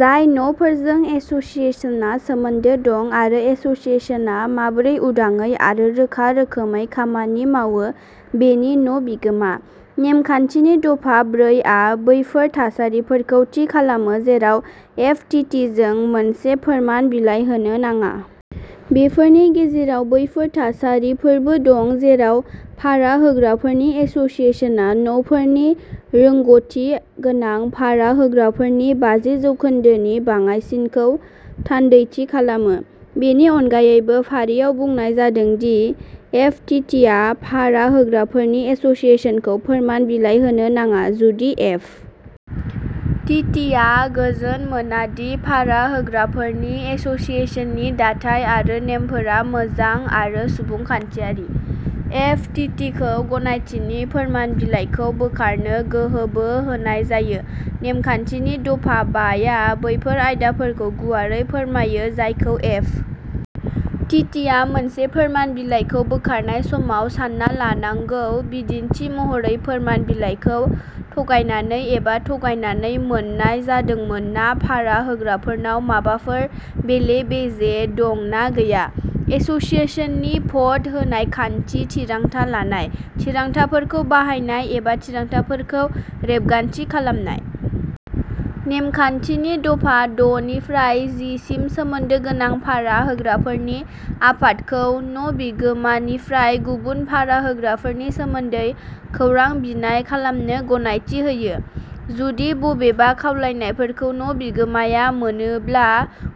जाय न'फोरजों एस'सिएशनआ सोमोन्दो दं आरो एस'सिएशनआ माबोरै उदाङै आरो रोखा रोखोमै खामानि मावो बेनि न' बिगोमा। नेमखान्थिनि दफा ब्रैआ बैफोर थासारिफोरखौ थि खालामो जेराव एफ. टि. टि. जों मोनसे फोरमान बिलाइ होनो नाङा। बेफोरनि गेजेराव बैफोर थासारिफोरबो दं जेराव भारा होग्राफोरनि एस'सिएशनआ न'फोरनि रोंग'थि गोनां भारा होग्राफोरनि बाजि जौखोन्दोनि बाङाइसिनखौ थान्दैथि खालामो। बेनि अनगायैबो फारियाव बुंनाय जादों दि एफ. टि. टि. आ भारा होग्राफोरनि एस'सिएशनखौ फोरमान बिलाइ होनो नाङा जुदि एफ. टि. टि. आ गोजोन मोना दि भारा होग्राफोरनि एस'सिएशननि दाथाइ आरो नेमफोरा मोजां आरो सुबुंखान्थियारि। एफ. टि. टि. खौ गनायथिनि फोरमान बिलाइखौ बोखारनो गोहोबो होनाय जायो। नेमखान्थिनि दफा बा या बैफोर आयदाफोरखौ गुवारै फोरमायो जायखौ एफ. टि. टि. आ मोनसे फोरमान बिलाइखौ बोखारनाय समाव सानना लानांगौ बिदिन्थि महरै फोरमान बिलाइखौ थगायनानै एबा थगायनानै मोन्नाय जादोंमोन ना भारा होग्राफोरनाव माबाफोर बेले-बेजे दं ना गैया। एस'सिएशननि भट होनाय खान्थि, थिरांथा लानाय, थिरांथाफोरखौ बाहायनाय एबा थिरांथाफोरखौ रेबगान्थि खालामनाय। नेमखान्थिनि दफा द' निफ्राय जि सिम सोमोन्दो गोनां भारा होग्राफोरनि आफादखौ न' बिगोमानिफ्राय गुबुन भारा होग्राफोरनि सोमोन्दै खौरां बिनाय खालामनो गनायथि होयो। जुदि बबेबा खावलायनायफोरखौ न' बिगोमाया मोनोब्ला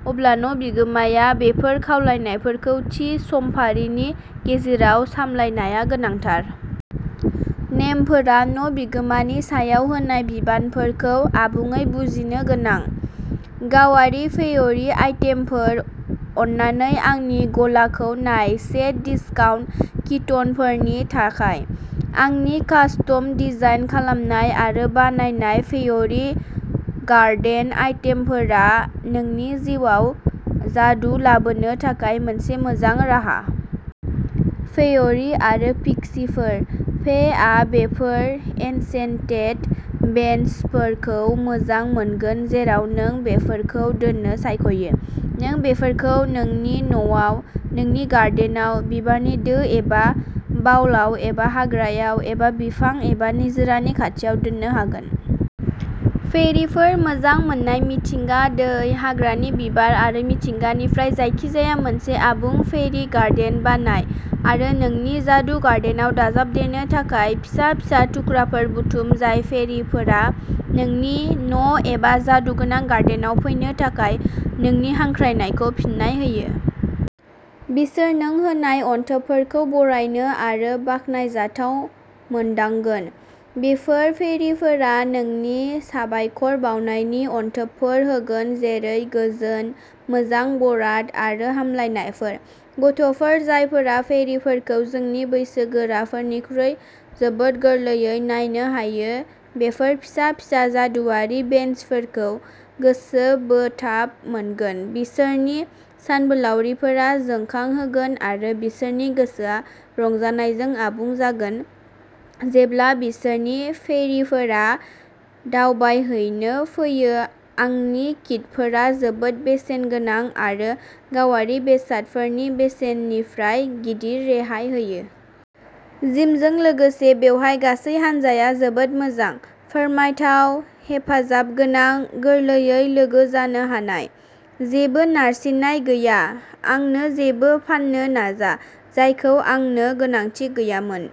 अब्ला न' बिगोमाया बेफोर खावलायनायफोरखौ थि समफारिनि गेजेराव सामलायनाया गोनांथार। नेमफोरा न' बिगोमानि सायाव होनाय बिबानफोरखौ आबुङै बुजिनो गोनां। गावारि, फेयरी आइटेमफोर, अन्नानै आंनि गलाखौ नाय सेट डिसकाउन्ट किटनफोरनि थाखाय। आंनि कास्टम डिजाइन खालामनाय आरो बानायनाय फेयरी गार्डेन आइटेमफोरा नोंनि जिउआव जादु लाबोनो थाखाय मोनसे मोजां राहा। फेयरी आरो पिक्सीफोर, "फे" आ बेफोर एनचेन्टेड बेन्चफोरखौ मोजां मोनगोन जेराव नों बेफोरखौ दोननो सायख'यो। नों बेफोरखौ नोंनि न'आव, नोंनि गार्डेनआव, बिबारनि दो एबा बाउलआव एबा हाग्रायाव एबा बिफां एबा निजोरानि खाथियाव दोननो हागोन। फेयरीफोर मोजां मोननाय मिथिंगा, दै, हाग्रानि बिबार आरो मिथिंगानिफ्राय जायखिजाया मोनसे आबुं फेयरी गार्डेन बानाय आरो नोंनि जादु गार्डेनआव दाजाबदेरनो थाखाय फिसा फिसा थुख्राफोर बुथुम जाय फेयरीफोरा नोंनि न' एबा जादुगोनां गार्डेनआव फैनो थाखाय नोंनि हांख्रायनायखौ फिन्नाय होयो। बिसोर नों होनाय अनथोबफोरखौ बरायनो आरो बाखनायजाथाव मोनदांगोन। बेफोर फेयरीफोरा नोंनो साबायखर बावनायनि अनथोबफोर होगोन जेरै गोजोन, मोजां बराद आरो हामलायनायफोर। गथ'फोर जायफोरा फेयरीफोरखौ जोंनि बैसोगोराफोरनिख्रुइ जोबोद गोरलैयै नायनो हायो बेफोर फिसा फिसा जादुआरि बेन्चफोरखौ गोसोबोथाव मोनगोन बिसोरनि सानबोलावरिफोरा जोंखांहोगोन आरो बिसोरनि गोसोआ रंजानायजों आबुं जागोन जेब्ला बिसोरनि फेयरीफोरा दावबायहैनो फैयो आंनि किटफोरा जोबोद बेसेनगोनां आरो गावारि बेसादफोरनि बेसेननिफ्राय "गिदिर" रेहाय होयो। जिमजों लोगोसे बेवहाय गासै हानजाया जोबोद मोजां। फोरमायथाव, हेफाजाबगोनां, गोरलैयै लोगो जानो हानाय। जेबो नारसिननाय गैया, आंनो जेबो फाननो नाजा, जायखौ आंनो गोनांथि गैयामोन।